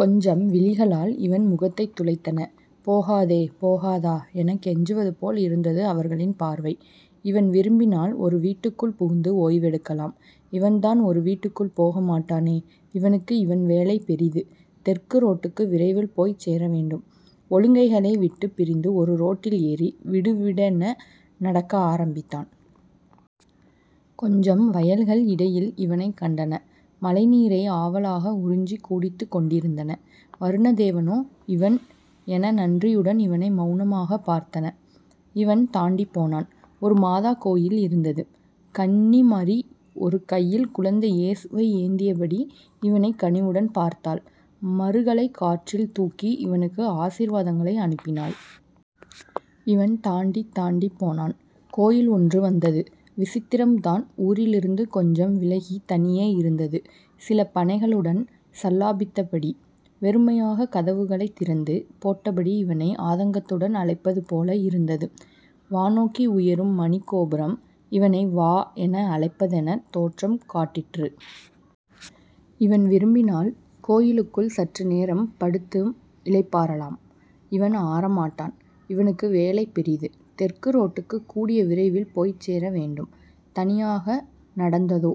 கொஞ்சம் விழிகளால் இவன் முகத்தைத் துளைத்தன. போகாதே.... போகாதா....எனக் கெஞ்சுவதுபோல் இருந்தது அவர்களின் பார்வை. இவன் விரும்பினால் ஒரு வீட்டுக்குள் புகுந்து ஓய்வெடுக்கலாம். இவன்தான் ஒரு வீட்டுக்குள் போகமாட்டானே? இவனுக்கு இவன்வேலை பெரிது. தெற்கு ரோட்டுக்கு விரைவில் போய்ச் சேரவேண்டும். ஓழுங்கைகளை விட்டுப் பிரிந்து ஒரு ரோட்டில் ஏறி விடுவிடென நடக்க ஆரம்பித்தான். கொஞ்சம் வயல்கள் இடையில் இவனைக் கண்டன. மழை நீரை ஆவலாக உறிஞ்சிக் குடித்துக்கொண்டிருந்தன. வருணதேவனோ இவன் என நன்றியுடன் இவனை மெளனமாகப் பார்த்தன. இவன் தாண்டிப்போனான். ஒரு மாதா கோயில் தெரிந்தது. கன்னிமரி ஒரு கையில் குழந்தை ஏசுவை ஏந்தியபடி இவனைக் கனிவுடன் பார்த்தாள். மறுகளை காற்றில் தூக்கி இவனுக்கு ஆசிர்வாதங்களை அனுப்பினாள். இவன் தாண்டித் தாண்டிப் போனான். கோயில் ஒன்று வந்தது. விசித்திரம் தான்ஊரிலிருந்து கொஞ்சம் விலகி தனியே இருந்தது. சில பனைகளுடன் சல்லாபித்தபடி. வெறுமையாக கதவுகளைத் திறந்து போட்டபடி இவனை ஆதங்கத்துடன் அழைப்பது போல இருந்தது. வானோக்கி உயரும் மணிக்கோபுரம் இவனை வா என அழைப்பதெனத் தோற்றம் காட்டிற்று. இவன் விரும்பினால் கோயிலுக்குள் சற்று நேரம் படுத்து இளைப்பாறலாம்! இவன் ஆறமாட்டான். இவனுக்கு வேலை பெரிது. தெற்கு ரோட்டுக்கு கூடிய விரைவில் போய்ச்சேர வேண்டும். தனியாக நடந்ததோ....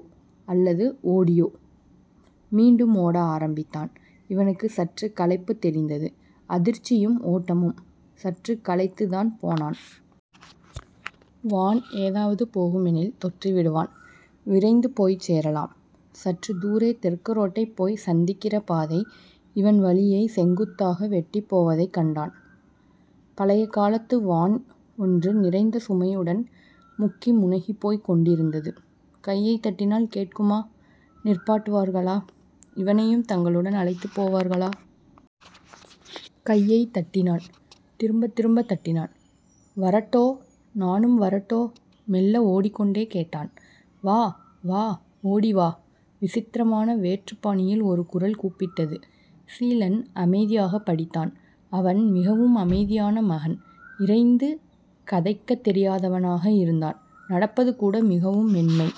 அல்லது... ஓடியோ.... மீண்டும் ஓட ஆரம்பித்தான். இவனுக்கு சற்றுக் களைப்புத் தெரிந்தது. அதிர்ச்சியும் ஓட்டமும்.... சற்றுக்களைத்துத்தான் போனான். வான் ஏதாவது போகுமெனில் தொற்றி விடுவான். விரைந்து போய்ச் சேரலாம்.... சற்றுத் தூரே தெற்கு ரோட்டை போய்ச் சந்திக்கிற பாதை இவன் வழியை செங்குத்தாக வெட்டிப்போவதைக் கண்டான். பழைய காலத்து வான் ஒன்று நிறைந்த சுமையுடன் முக்கி முனகிப்போய்க் கொண்டிருந்தது. கையைத்தட்டினால் கேட்குமா? நிற்பாட்டுவார்களா? இவனையும் தங்களுடன் அழைத்துப் போவார்களா? கையைத் தட்டினான். திரும்பத் திரும்பத் தட்டினான். வரட்டோ?... நானும் வரட்டோ!..மெல்ல ஓடிக்கொண்டே கேட்டான். வா... வா... ஓடி வா. விசித்திரமான வேற்றுப் பாணியில் ஒரு குரல் கூப்பிட்டது. சீலன் அமைதியாகப் படித்தான். அவன் மிகவும் அமைதியான மகன். இரைந்து கதைக்கத் தெரியாதவனாக இருந்தான். நடப்பது கூட மிகவும் மென்மை.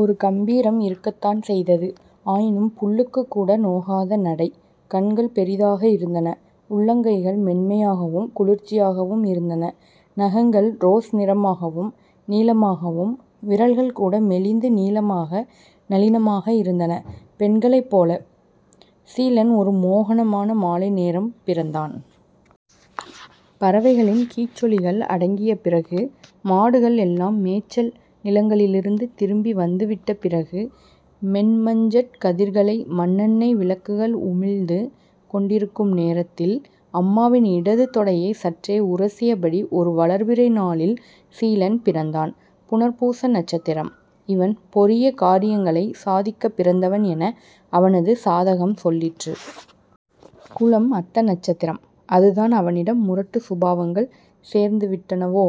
ஒரு கம்பீரம் இருக்கத்தான் செய்தது. ஆயினும் புல்லுக்குக் கூட நோகாத நடை. கண்கள் பெரிதாக இருந்தன. உள்ளங்கைகள் மென்மையாகவும் குளிர்ச்சியாகவும் இருந்தன. நகங்கள் ரோஸ் நிறமாகவும், நீளமாகவும்.... விரல்கள் கூட மெலிந்து நீளமாக நளினமாக இருந்தன, பெண்களைப் போல. சீலன் ஒரு மோகனமான மாலை நேரம் பிறந்தான். பறவைகளின் கீச்சொலிகள் அடங்கிய பிறகு, மாடுகள் எல்லாம் மேச்சல் நிலங்களிலிருந்து திரும்பி வந்துவிட்ட பிறகு, மென்மஞ்சட் கதிர்களை மண்ணெண்ணெய் விளக்குகள் உமிழ்ந்து கொண்டிருக்கும் நேரத்தில்.... அம்மாவின் இடது தொடையை சற்றே உரசியபடி ஒரு வளர்பிறை நாளில் சீலன் பிறந்தான். புணர்பூச நட்சத்திரம். இவன் பொரிய காரியங்களைச் சாதிக்கப் பிறந்தவன் என அவனது சாதகம் சொல்லிற்று. குலம் அத்த நட்சத்திரம். அது தான் அவனிடம் முரட்டுச் சுபாவங்கள் சேர்ந்து விட்டனவோ?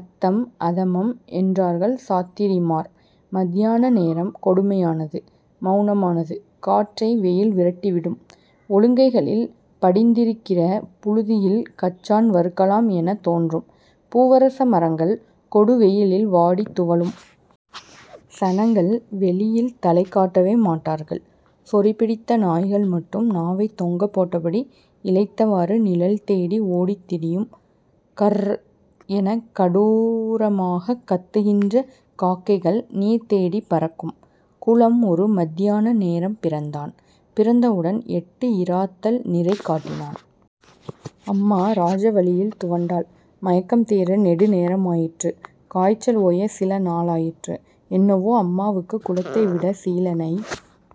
அத்தம், அதமம் என்றார்கள் சாத்திரிமார். மத்தியான நேரம் கொடுமையானது. மெளனமானது. காற்றை வெயில் விரட்டிவிடும். ஒழுங்கைகளில் படிந்திருக்கிற புழுதியில் கச்சான் வறுக்கலாம் எனத் தோன்றும். பூவரச மரங்கள் கொடுவெயிலில் வாடித் துவளும். சனங்கள் வெளியில் தலை காட்டவே மாட்டார்கள். சொறி பிடித்த நாய்கள் மட்டும் நாவைத் தொங்கப் போட்டபடி இளைத்தவாறு நிழல் தேடி ஓடித்திரியும் கர்ர்ர் எனக் கடூரமாகக் கத்துகின்ற காக்க்கைகள் நீர் தேடிப் பறக்கும். குலம் ஒரு மத்தியான நேரம் பிறந்தான். பிறந்தவுடன் எட்டு இறாத்தல் நிறை காட்டினான். அம்மா இராஜவலியில் துவண்டாள். மயக்கம் தீர நெடு நேரமாயிற்று. காய்ச்சல் ஓய சில நாளாயிற்று. என்னவோ அம்மாவுக்கு குலத்தைவிட சீலனை